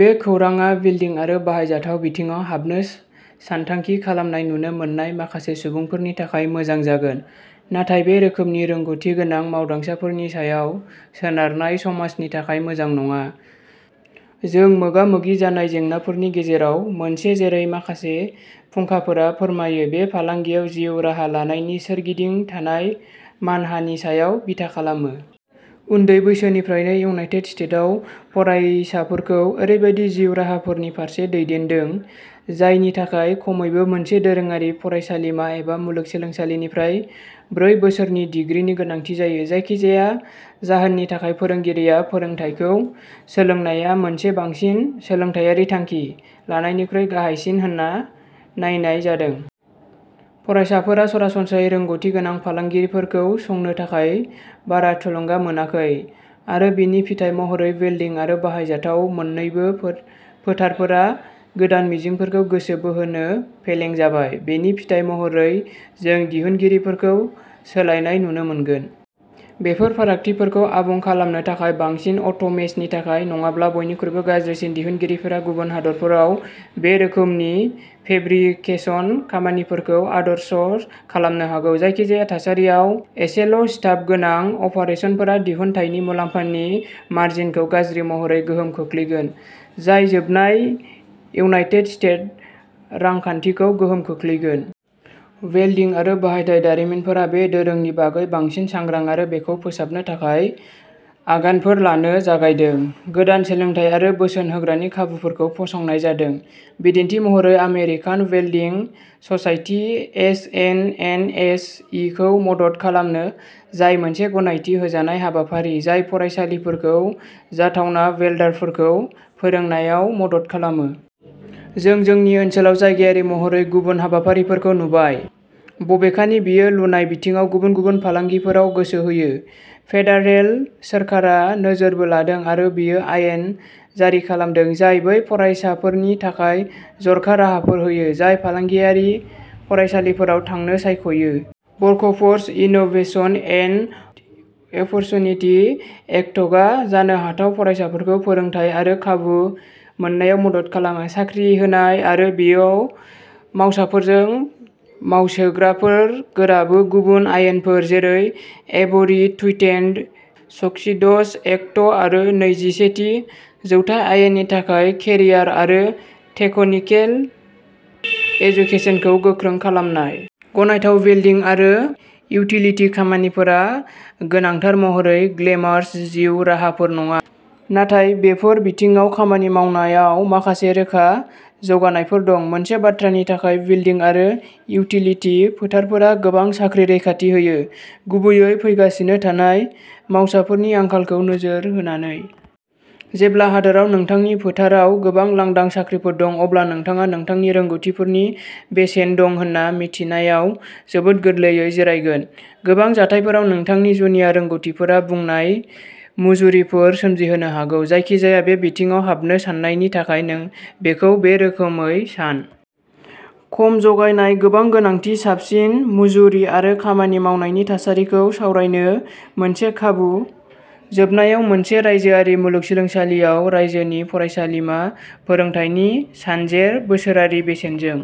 बे खौरांआ वेल्डिं आरो बाहायजाथाव बिथिङाव हाबनो सानथांखि खालामनाय नुनो मोन्नाय माखासे सुबुंफोरनि थाखाय मोजां जागोन, नाथाय बे रोखोमनि रोंग'थि गोनां मावदांसाफोरनि सायाव सोनारनाय समाजनि थाखाय मोजां नङा। जों मोगा-मोगि जानाय जेंनाफोरनि गेजेराव मोनसे, जेरै माखासे फुंखाफोरा फोरमायो, बे फालांगियाव जिउ राहा लानायनि सोरगिदिं थानाय मानहानि सायाव बिथा खालामो। उन्दै बैसोनिफ्रायनो, इउनाइटेट स्टेटआव फरायसाफोरखौ ओरैबायदि जिउ राहाफोरनि फारसे दैदेनदों, जायनि थाखाय खमैबो मोनसे दोरोङारि फरायसालिमा एबा मुलुगसोलोंसालिनिफ्राय ब्रै बोसोरनि डिग्रीनि गोनांथि जायो। जायखिजाया जाहोननि थाखाय फोरोंगिरिया फोरोंथायखौ सोलोंनाया मोनसे बांसिन सोलोंथायारि थांखि लानायनिख्रुइ गाहायसिन होनना नायनाय जादों। फरायसाफोरा सरासनस्रायै रोंग'थि गोनां फालांगिफोरखौ संनो थाखाय बारा थुलुंगा मोनाखै, आरो बेनि फिथाय महरै, वेल्डिं आरो बाहायजाथाव मोन्नैबो फोथारफोरा गोदान मिजिंफोरखौ गोसो बोहोनो फेलें जाबाय। बेनि फिथाय महरै, जों दिहुनगिरिफोरखौ सोलायनाय नुनो मोनगोन। बेफोर फारागथिफोरखौ आबुं खालामनो थाखाय बांसिन अट'मेसननि थाखाय। नङाब्ला, बेनिख्रुइबो गाज्रिसिन, दिहुनगिरिफोरा गुबुन हादोरफोराव बे रोखोमनि फेब्रिकेशन खामानिफोरखौ आउटस'र्स खालामनो जागौ। जायखिजाया थासारियाव, एसेल'स्टाफ गोनां अपारेसनफोरा दिहुनथायनि मुलाम्फानि मार्जिनखौ गाज्रि महरै गोहोम खोख्लैगोन, जाय जोबनायाव इउनाइटेट स्टेट रांखान्थिखौ गोहोम खोख्लैगोन। वेल्डिं आरो बाहायथाय दारिमिनफोरा बे दोरोंनि बागै बांसिन सांग्रां आरो बेखौ फोसाबनो थाखाय आगानफोर लानो जागायदों। गोदान सोलोंथाय आरो बोसोन होग्रानि खाबुफोरखौ फसंनाय जादों। बिदिन्थि महरै, American welding society S E N S E खौ मदद खालामो, जाय मोनसे गनायथि होजानाय हाबाफारि जाय फरायसालिफोरखौ जाथावना वेल्डारफोरखौ फोरोंनायाव मदद खालामो। जों जोंनि ओनसोलाव जायगायारि महरै गुबुन हाबाफारिफोरखौ नुबाय, बबेखानि बेयो लुनाय बिथिङाव गुबुन गुबुन फालांगिफोराव गोसो होयो। फेडारेल सोरखारा नोजोरबो लादों आरो बेयो आयेन जारि खालामदों जाय बै फरायसाफोरनि थाखाय जर'खा राहाफोर होयो जाय फालांगियारि फरायसालिफोराव थांनो सायख'यो। वर्कफोर्स इनोभेशन एन्ड अपरचुनिटि एक्टआ जानो हाथाव फरायसाफोरखौ फोरोंथाय आरो खाबु मोननायाव मदद खालामो। साख्रि होनाय, आरो बेयो मावसाफोरजों मावसोमग्राजों गोरोबो। गुबुन आयेनफोर, जेरै एभरि स्टुडेन्ट सक्सीड्स एक्ट आरो नैजिसेथि जौथाय आयेननि थाखाय केरियार आरो टेकनिकेल एजुकेसनखौ गोख्रों खालामनाय। गनायथाव, वेल्डिं आरो इउटिलिति खामानिफोरा गोनांथार महरै "ग्लेमारास" जिउ राहाफोर नङा। नाथाय, बेफोर बिथिङाव खामानि मावनायाव माखासे रोखा जौगानायफोर दं। मोनसे बाथ्रानि थाखाय, वेल्डिं आरो इउटिलिति फोथारफोरा गोबां साख्रि रैखाथि होयो, गुबैयै फैगासिनो थानाय मावसाफोरनि आंखालखौ नोजोर होनानै। जेब्ला हादोराव नोंथांनि फोथाराव गोबां लांदां साख्रिफोर दं, अब्ला नोंथाङा नोंथांनि रोंग'थिफोरनि बेसेन दं होन्ना मिथिनायाव जोबोद गोरलैयै जिरायगोन। गोबां जाथायफोराव, नोंथांनि जुनिया रोंग'थिफोरा बांनाय मुजुरिफोर सोमजिहोनो हागौ। जायखिजाया बे बिथिङाव हाबनो साननायनि थाखाय नों बेखौ बे रोखोमै सान। खम जगायनाय गोबां गोनांथि साबसिन मुजुरि आरो खामानि मावनायनि थासारिफोरखौ सावरायनो मोनसे खाबु। जोबनायाव, मोनसे रायजोआरि मुलुगसोलोंसालियाव रायजोनि फरायसालिमा फोरोंथायनि सानजेर बोसोरारि बेसेनजों।